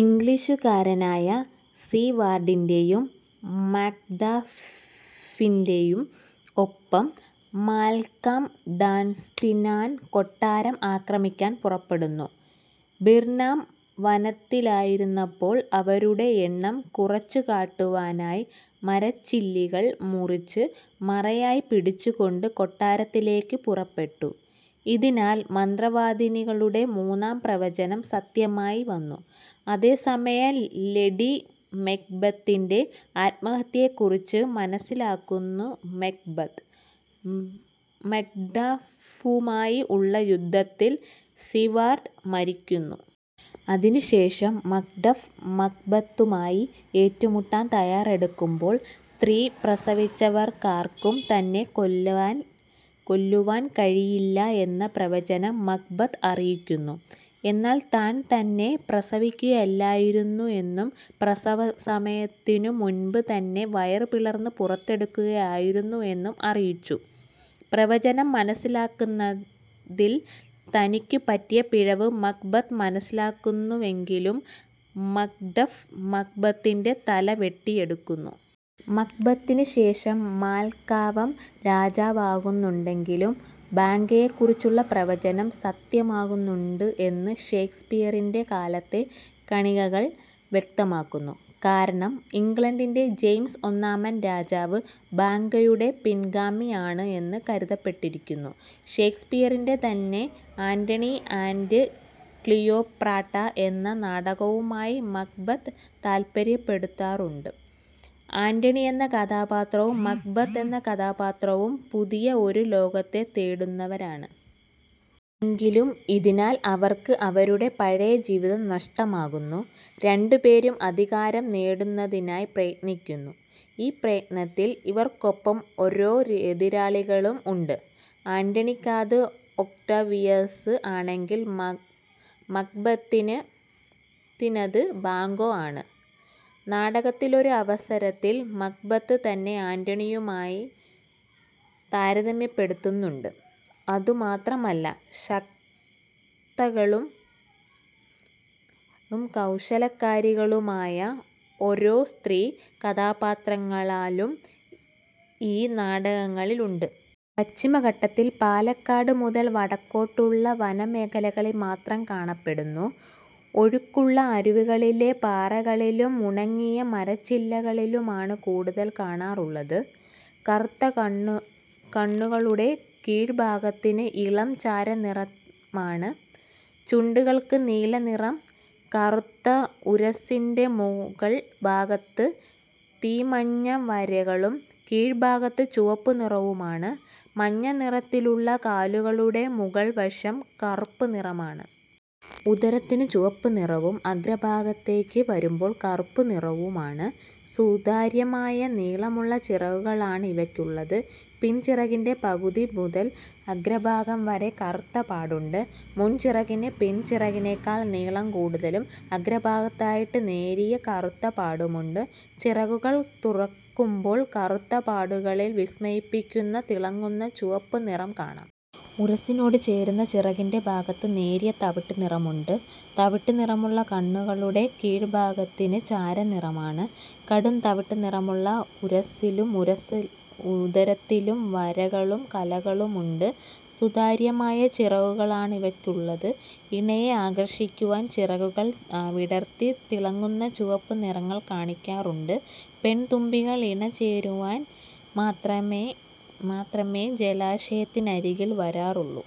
ഇംഗ്ലിഷുകാരനായ സീവാർഡിന്റെയും മക്ഡഫിന്റെയും ഒപ്പം Malcolm Dunsinane കൊട്ടാരം അക്രമിക്കാൻ പുറപ്പെടുന്നു. ബിർനാം വനത്തിലായിരുന്നപ്പോൾ അവരുടെ എണ്ണം കുറച്ചുകാട്ടുവാനായി മരച്ചില്ലികൾ മുറിച്ച് മറയായിപ്പിടിച്ചുകൊണ്ട് കൊട്ടാരത്തിലേക്ക് പുറപ്പെട്ടു. ഇതിനാൽ മന്ത്രവാദിനികളുടെ മൂന്നാം പ്രവചനം സത്യമായി വന്നു. അതേസമയം ലേഡി മക്ബെത്തിന്റെ ആത്മഹത്യയെക്കുറിച്ച് മനസ്സിലാക്കുന്നു മക്ബെത്. മക്ഡഫുമായി ഉള്ള യുദ്ധത്തിൽ സീവാർഡ് മരിക്കുന്നു. അതിനുശേഷം മക്ഡഫ് മക്ബെത്തുമായി ഏറ്റുമുട്ടാൻ തയ്യാറെടുക്കുമ്പോൾ സ്ത്രീ പ്രസവിച്ചവർക്കാർക്കും തന്നെ കൊല്ലുവാൻ കഴിയുകയില്ല എന്ന പ്രവചനം മക്ബെത്ത് അറിയിക്കുന്നു. എന്നാൽ താൻ തന്നെ പ്രസവിക്കുകയല്ലായിരുന്നു എന്നും, പ്രസവസമയത്തിനു മുൻപ് തന്നെ വയറ് പിളർന്ന് പുറത്തെടുക്കുകയായിരുന്നു എന്നും അറിയിച്ചു. പ്രവചനം മനസ്സിലാക്കുന്നതിൽ തനിക്കു പറ്റിയ പിഴവ് മക്ബെത്ത് മനസ്സിലാക്കുന്നുവെങ്കിലും മക്ഡഫ് മക്ബെത്തിന്റെ തല വെട്ടിയെടുക്കുന്നു. മക്ബെത്തിന് ശേഷം മാൽക്കം രാജാവാകുന്നുണ്ടെങ്കിലും ബാങ്ക്വോയെക്കുറിച്ചുള്ള പ്രവചനം സത്യമാകുന്നുണ്ട് എന്ന് ഷെയ്ക്സ്പിയറിന്റെ കാലത്തെ കാണികൾക്ക് വ്യക്തമാവുന്നു. കാരണം ഇംഗ്ലണ്ടിന്റെ ജെയിംസ് ഒന്നാമൻ രാജാവ് ബാങ്ക്വോയുടെ പിൻഗാമി ആണ് എന്ന് കരുതപ്പെട്ടിരിക്കുന്നു. ഷേക്സ്പിയറിന്റെ തന്നെ ആന്റണി ആന്റ് ക്ലിയോപാട്ര എന്ന നാടകവുമായി മക്ബെത്ത് താരതമ്യപ്പെടുത്താറൂണ്ട്. താല്പര്യപെടുത്താറുണ്ട് ആന്റണി എന്ന കഥാപാത്രവും മക്ബെത്ത് എന്ന കഥാപാത്രവും പുതിയ ഒരു ലോകത്തെ തേടുന്നവരാണ്. എങ്കിലും ഇതിനാൽ അവർക്ക് അവരുടെ പഴയ ജീവിതം നഷ്ടമാകുന്നു. രണ്ടുപേരും അധികാരം നേടുന്നതിനായി പ്രയത്നിക്കുന്നു. ഈ പ്രയത്നത്തിൽ ഇവർക്കൊപ്പം ഓരോ എതിരാളികളും ഉണ്ട്. അന്റണിക്കത് ഒക്ടേവിയസ് ആണെങ്കിൽ മക്ബെത്തിനത് ബാങ്ക്വോ ആണ്. നാടകത്തിലൊരു അവസരത്തിൽ മക്ബെത്ത് തന്നെ ആന്റണിയുമായി താരതമ്യപ്പെടുത്തുന്നുണ്ട്. അതുമാത്രമല്ല ശക്തകളും കൗശലക്കാരികളുമായ ഓരോ സ്ത്രീ കഥാപാത്രങ്ങലും ഈ നാടകങ്ങളിലുണ്ട്. പശ്ചിമഘട്ടത്തിൽ പാലക്കാട്ട് മുതൽ വടക്കോട്ടുള്ള വനമേഖലകളിൽ മാത്രം കാണപ്പെടുന്നു. ഒഴുക്കുള്ള അരുവികളിലെ പാറകളിലും ഉണങ്ങിയ മരച്ചില്ലകളിലുമാണ് കൂടുതൽ കാണാറുള്ളത്. കറുത്ത കണ്ണുകളുടെ കീഴ്ഭാഗത്തിന് ഇളം ചാരനിറമാണ്. ചുണ്ടുകൾക്ക് നീല നിറം. കറുത്ത ഉരസ്സിന്റെ മുകൾ ഭാഗത്ത് തീമഞ്ഞ വരകളും കീഴ്ഭാഗത്ത് ചുവപ്പ് നിറവുമാണ്. മഞ്ഞ നിറത്തിലുള്ള കാലുകളുടെ മുകൾ വശം കറുപ്പ് നിറമാണ്. ഉദരത്തിനു ചുവപ്പ് നിറവും അഗ്രഭാഗത്തേക്ക് വരുമ്പോൾ കറുപ്പു നിറവുമാണ്. സുതാര്യമായ നീളമുള്ള ചിറകുകളാണ് ഇവയ്ക്കുള്ളത്. പിൻ ചിറകിന്റെ പകുതി മുതൽ അഗ്രഭാഗം വരെ കറുത്ത പാടുണ്ട്. മുൻ ചിറകിന് പിൻ ചിറകിനേക്കാൾ നീളം കൂടുതലും അഗ്രഭാഗത്തായിട്ട് നേരിയ കറുത്ത പാടുമുണ്ട്. ചിറകുകൾ തുറക്കുമ്പോൾ കറുത്ത പാടുകളിൽ വിസ്മയിപ്പിക്കുന്ന തിളങ്ങുന്ന ചുവപ്പു നിറം കാണാം. ഉരസ്സിനോട് ചേരുന്ന ചിറകിന്റെ ഭാഗത്ത് നേരിയ തവിട്ട് നിറമുണ്ട്. തവിട്ടു നിറമുള്ള കണ്ണുകളുടെ കീഴ്ഭാഗത്തിന് ചാരനിറമാണ്. കടും തവിട്ടു നിറമുള്ള ഉരസ്സിലും ഉദരത്തിലും വരകളും കലകളുമുണ്ട്. സുതാര്യമായ ചിറകുകളാണിവയ്ക്കുള്ളത്. ഇണയെ ആകർഷിക്കുവാൻ ചിറകുകൾ വിടർത്തി തിളങ്ങുന്ന ചുവപ്പ് നിറങ്ങൾ കാണിക്കാറുണ്ട്. പെൺതുമ്പികൾ ഇണ ചേരുവാൻ മാത്രമേ ജലാശയത്തിനരികിൽ വരാറുള്ളു.